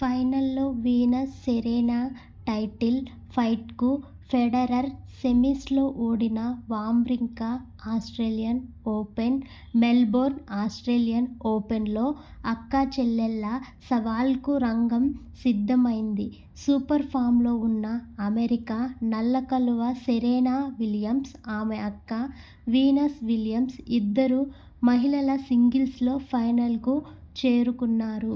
ఫైనల్లో Venus Serena title ఫైట్కు Federer semis లో ఓడిన Wawrinka Australian Open Melbourne Australian ఓపెన్లో అక్కా చెల్లెళ్ల సవాల్కు రంగం సిద్ధమైంది. సూపర్ ఫామ్లో ఉన్న అమెరికా నల్ల కలువ సెరెనా విలియమ్స్, ఆమె అక్క వీనస్ విలియమ్స్ ఇద్దరూ మహిళల సింగిల్స్లో ఫైనల్కు చేరుకున్నారు.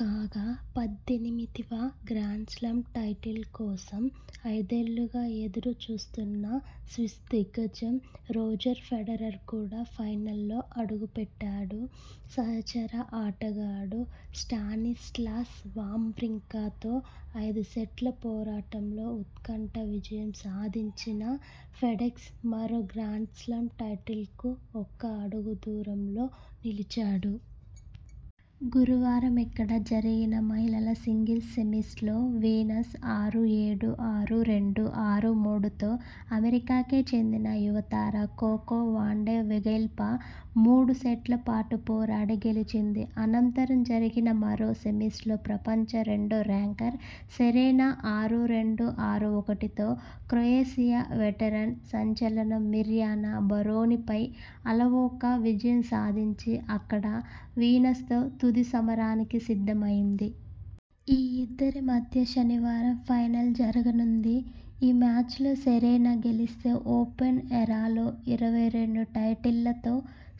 కాగా పద్దెనిమిదివ గ్రాండ్స్లామ్ టైటిల్ కోసం ఐదేళ్లుగా ఎదురు చూస్తున్న స్విస్ దిగ్గజం రోజర్ ఫెడరర్ కూడా ఫైనల్లో అడుగుపెట్టాడు. సహచర ఆటగాడు స్టానిస్లాస్ వావ్రింకా తో ఐదుసెట్ల పోరాటంలో ఉత్కంఠ విజయం సాధించిన ఫెడెక్స్ మరో గ్రాండ్స్లామ్ టైటిల్కు ఒక్క అడుగు దూరంలో నిలిచాడు. గురువారమిక్కడ జరిగిన మహిళల సింగిల్స్ సెమీస్ లో వీనస్ ఆరు ఏడు, ఆరు రెండు, ఆరు మూడు తో అమెరికాకే చెందిన యువ తార కొకొ వాండెవెగ్పై మూడు సెట్లపాటు పోరాడి గెలిచింది. అనంతరం జరిగిన మరో సెమీస్లో ప్రపంచ రెండో ర్యాంకర్ సెరెనా ఆరు రెండు, ఆరు ఒకటితో క్రొయేషియా వెటరన్ సంచలనం మిర్యానా బరోనీపై అలవోక విజయం సాధించి అక్క వీన్సతో తుది సమరానికి సిద్ధమైంది. ఈ ఇద్దరి మధ్య శనివారం ఫైనల్ జరగనుంది. ఈ మ్యాచ్లో సెరెనా గెలిస్తే ఓపెన్ ఎరాలో ఇరవై రెండు టైటిళ్లతో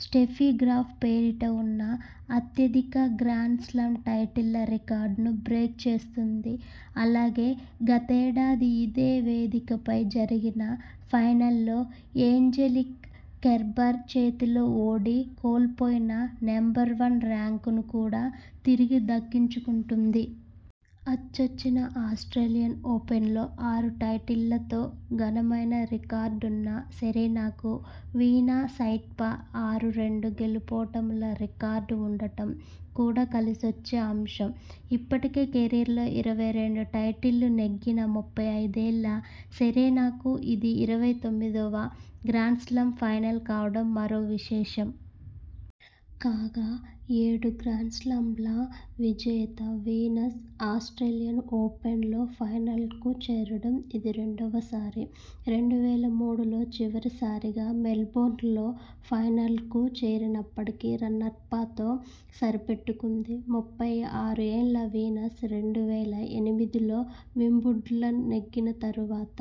స్టెఫీ గ్రాఫ్ పేరిట ఉన్న అత్యధిక గ్రాండ్స్లామ్ టైటిళ్ల రికార్డును బ్రేక్ చేస్తుంది. అలాగే గతేడాది ఇదే వేదికపై జరిగిన ఫైనల్లో ఏంజెలిక్ కెర్బర్ చేతిలో ఓడి కోల్పోయిన నెంబర్వన్ ర్యాంకును కూడా తిరిగి దక్కించుకుంటుంది. అచ్చొచ్చిన ఆస్ట్రేలియన్ ఓపెన్లో ఆరు టైటిళ్లతో ఘనమైన రికార్డున్న సెరెనాకు వీనస్పై ఆరు-రెండు గెలుపోటముల రికార్డు ఉండడం కూడా కలిసొచ్చే అంశం. ఇప్పటికే కెరీర్లో ఇరవై రెండు టైటిళ్లు నెగ్గిన ముప్పై ఐదు ఏళ్ల సెరెనాకు ఇది ఇరవై తొమ్మిదివ గ్రాండ్స్లామ్ ఫైనల్ కావడం మరో విశేషం. కాగా ఏడు గ్రాండ్స్లామ్ల విజేత వీనస్ ఆస్ట్రేలియన్ ఓపెన్లో ఫైనల్కు చేరడం ఇది రెండోసారి. రెండు వేల మూడులో చివరిసారిగా మెల్బోర్న్లో ఫైనల్కు చేరినప్పటికీ రన్నర్పతో సరిపెట్టుకుంది. ముప్పై ఆరు ఏళ్ల వీనస్ రెండు వేల ఎనిమిదిలో వింబుల్డన్ నెగ్గిన తర్వాత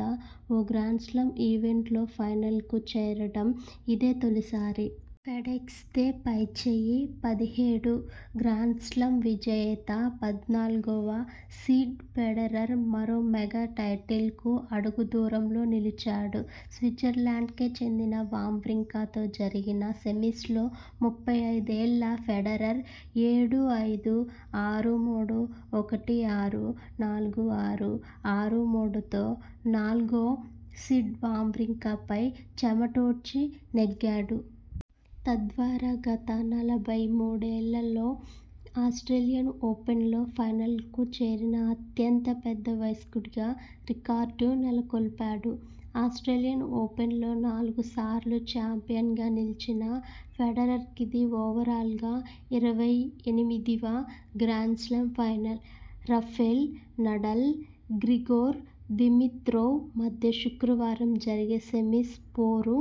ఓ గ్రాండ్స్లామ్ ఈవెంట్లో ఫైనల్కు చేరడం ఇదే తొలిసారి. ఫెడెక్స్దే పైచేయి పదిహేడు గ్రాండ్స్లామ్స్ విజేత, పద్నాలుగువ సీడ్ ఫెడరర్ మరో మెగా టైటిల్కు అడుగు దూరంలో నిలిచాడు. స్విట్జర్లాండ్కే చెందిన వావ్రింకా తో జరిగిన సెమీస్ లో ముప్పై ఐదు ఏళ్ల ఫెడరర్ ఏడు ఐదు, ఆరు మూడు, ఒకటి ఆరు, నాలుగు ఆరు, ఆరు మూడుతో నాలుగో సీడ్ వావ్రింకాపై చెమటోడ్చి నెగ్గాడు. తద్వారా గత నలభై మూడు ఏళ్లలో ఆస్ట్రేలియన్ ఓపెన్లో ఫైనల్కు చేరిన అత్యంత పెద్ద వయస్కుడిగా రికార్డు నెలకొల్పాడు. ఆస్ట్రేలియన్ ఓపెన్లో నాలుగు సార్లు చాంపియన్గా నిలిచిన ఫెడరర్కిది ఓవరాల్గా ఇరవై ఎనిమిదివ grand slam final. Rafael Nadal, Grigor Dimitrov మధ్య శుక్రవారం జరిగే సెమీస్ పోరు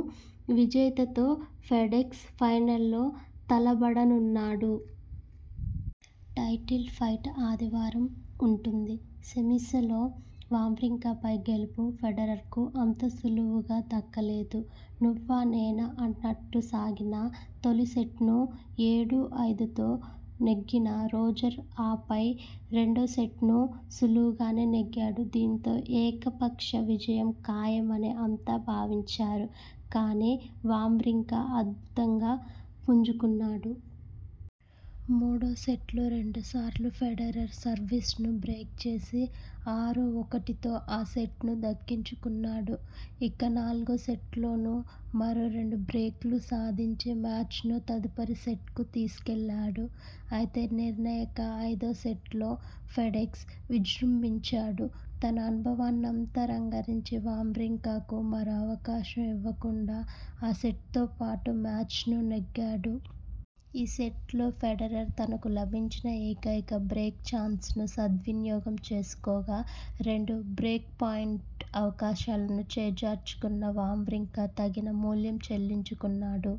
విజేతతో ఫెడెక్స్ ఫైనల్లో తలపడనున్నాడు. టైటిల్ ఫైట్ ఆదివారం ఉంటుంది. సెమీ్సలో వావ్రింకాపై గెలుపు ఫెడరర్కు అంత సులువుగా దక్కలేదు. నువ్వా నేనా అన్నట్టు సాగిన తొలిసెట్ను ఏడు ఐదుతో నెగ్గిన రోజర్ ఆపై రెండో సెట్నూ సులువుగానే నెగ్గాడు. దీంతో ఏక పక్ష విజయం ఖాయమని అంతా భావించారు. కానీ వావ్రింకా అద్భుతంగా పుంజుకున్నాడు. మూడో సెట్లో రెండు సార్లు ఫెడరర్ సర్వీస్ను బ్రేక్ చేసి ఆరు ఒకటితో ఆ సెట్ను దక్కించుకున్నాడు. ఇక నాలుగో సెట్లోనూ మరో రెండు బ్రేక్లు సాధించి మ్యాచ్ను తదుపరి సెట్కు తీసుకెళ్లాడు. అయితే నిర్ణాయక ఐదో సెట్లో ఫెడెక్స్ విజృంభించాడు. తన అనుభవాన్నంతా రంగరించి వావ్రింకాకు మరో అవకాశం ఇవ్వకుండా ఆ సెట్తోపాటు మ్యాచ్నూ నెగ్గాడు. ఈ సెట్లో ఫెడరర్ తనకు లభించిన ఏకైక బ్రేక్ చాన్స్ను సద్వినియోగం చేసుకోగా రెండు బ్రేక్ పాయింట్ అవకాశాలను చేజార్చుకున్న వావ్రింకా తగిన మూల్యం చెల్లించుకున్నాడు.